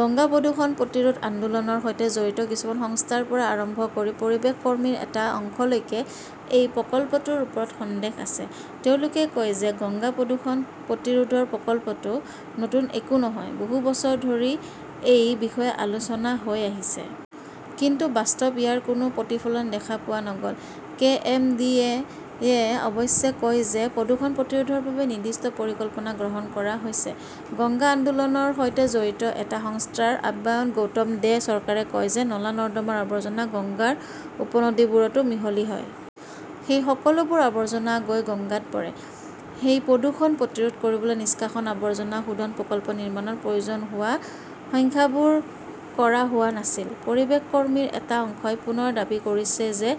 গংগা প্ৰদূষণ প্ৰতিৰোধ আন্দোলনৰ সৈতে জড়িত কিছুমান সংস্থাৰ পৰা আৰম্ভ কৰি পৰিৱেশ কৰ্মীৰ এটা অংশলৈকে এই প্ৰকল্পটোৰ ওপৰত সন্দেহ আছে। তেওঁলোকে কয় যে গংগা প্ৰদূষণ প্ৰতিৰোধৰ প্ৰকল্পটো নতুন একো নহয়। বহু বছৰ ধৰি এই বিষয়ে আলোচনা হৈ আহিছে। কিন্তু বাস্তৱত ইয়াৰ কোনো প্ৰতিফলন দেখা পোৱা নগল। কে. এম. ডি. এ. -য়ে অৱশ্যে কয় যে প্ৰদূষণ প্ৰতিৰোধৰ বাবে নিৰ্দিষ্ট পৰিকল্পনা গ্ৰহণ কৰা হৈছে। গংগা আন্দোলনৰ সৈতে জড়িত এটা সংস্থাৰ আহ্বায়ক গৌতম দে চৰকাৰে কয় যে নলা-নৰ্দমাৰ আৱৰ্জনা গংগাৰ উপনদীবোৰতো মিহলি হয়। সেই সকলোবোৰ আৱৰ্জনা গৈ গংগাত পৰে। সেই প্ৰদূষণ প্ৰতিৰোধ কৰিবলৈ নিষ্কাশন আৱৰ্জনা শোধন প্ৰকল্প নিৰ্মাণৰ প্ৰয়োজন হোৱা সংখ্যাবোৰ কৰা হোৱা নাছিল। পৰিৱেশ কৰ্মীৰ এটা অংশই পুনৰ দাবী কৰিছে যে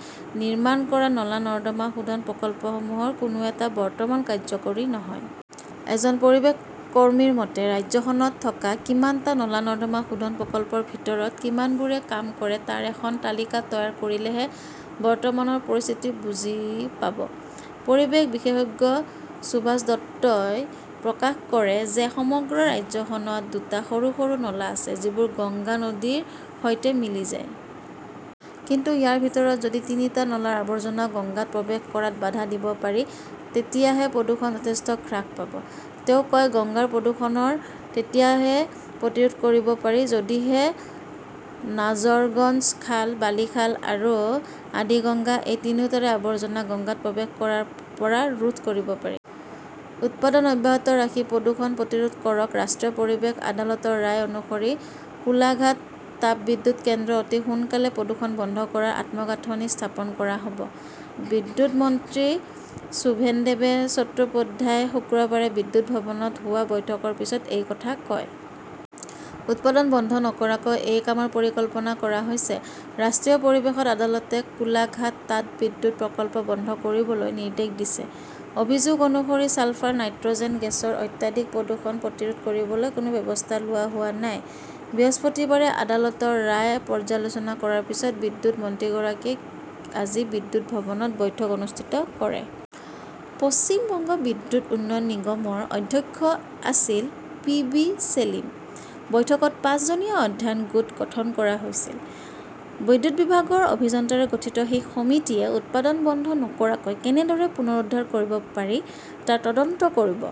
নিৰ্মাণ কৰা নলা-নৰ্দমা শোধন প্ৰকল্পসমূহৰ কোনো এটা বৰ্তমান কাৰ্যকৰী নহয়। এজন পৰিৱেশ কৰ্মীৰ মতে, ৰাজ্যখনত থকা কিমানটা নলা-নৰ্দমা শোধন প্ৰকল্পৰ ভিতৰত কিমানবোৰে কাম কৰে তাৰ এখন তালিকা তৈয়াৰ কৰিলেহে বৰ্তমানৰ পৰিস্থিতি বুজি পাব! পৰিৱেশ বিশেষজ্ঞ সুভাষ দত্তই প্ৰকাশ কৰে যে সমগ্ৰ ৰাজ্যখনত দুটা সৰু-সৰু নলা আছে যিবোৰ গংগা নদীৰ সৈতে মিলি যায়। কিন্তু ইয়াৰ ভিতৰত, যদি তিনিটা নলাৰ আৱৰ্জনাও গংগাত প্ৰৱেশ কৰাত বাধা দিব পাৰি, তেতিয়াহে প্ৰদূষণ যথেষ্ট হ্ৰাস পাব। তেওঁ কয়, গংগাৰ প্ৰদূষণৰ তেতিয়াহে প্ৰতিৰোধ কৰিব পাৰি যদিহে নাজৰগঞ্জ খাল, বালিখাল আৰু আদিগঙ্গা এই তিনিওটাৰে আৱৰ্জনা গঙ্গাত প্ৰৱেশ কৰাৰ পৰা ৰোধ কৰিব পাৰি। উৎপাদন অব্যাহত ৰাখি প্ৰদূষণ প্ৰতিৰোধ কৰক ৰাষ্ট্ৰীয় পৰিৱেশ আদালতৰ ৰায় অনুসৰি কোলাঘাট তাপবিদ্যুৎ কেন্দ্ৰত অতি সোনকালে প্ৰদূষণ বন্ধ কৰাৰ আন্তঃগাঁথনি স্থাপন কৰা হব। বিদ্যুৎ মন্ত্ৰী শোভনেদেৱ চট্টোপাধ্যায়ই শুকুৰবাৰে বিদ্যুৎ ভৱনত হোৱা বৈঠকৰ পিছত এই কথা কয়। উৎপাদন বন্ধ নকৰাকৈ এই কামৰ পৰিকল্পনা কৰা হৈছে। ৰাষ্ট্ৰীয় পৰিৱেশ আদালতে কোলাঘাট তাপবিদ্যুৎ প্ৰকল্প বন্ধ কৰিবলৈ নিৰ্দেশ দিছে, অভিযোগ অনুসৰি ছালফাৰ-নাইট্ৰজেন গেছৰ অত্যাধিক প্ৰদূষণ প্ৰতিৰোধ কৰিবলৈ কোনো ব্যৱস্থা লোৱা হোৱা নাই। বৃহস্পতিবাৰে আদালতৰ ৰায় পৰ্যালোচনা কৰাৰ পিছত বিদ্যুৎ মন্ত্ৰীগৰাকীয়ে আজি বিদ্যুৎ ভৱনত বৈঠক অনুষ্ঠিত কৰে। পশ্চিম বংগ বিদ্যুৎ উন্নয়ন নিগমৰ অধ্যক্ষ আছিল পি বি ছেলিম। বৈঠকত পাঁচজনীয়া 'অধ্যয়ন গোট গঠন কৰা হৈছিল। বিদ্যুৎ বিভাগৰ অভিযন্তাৰে গঠিত এই সমিতিয়ে উৎপাদন বন্ধ নকৰাকৈ কেনেদৰে পুনৰুদ্ধাৰ কৰিব পাৰি তাৰ তদন্ত কৰিব।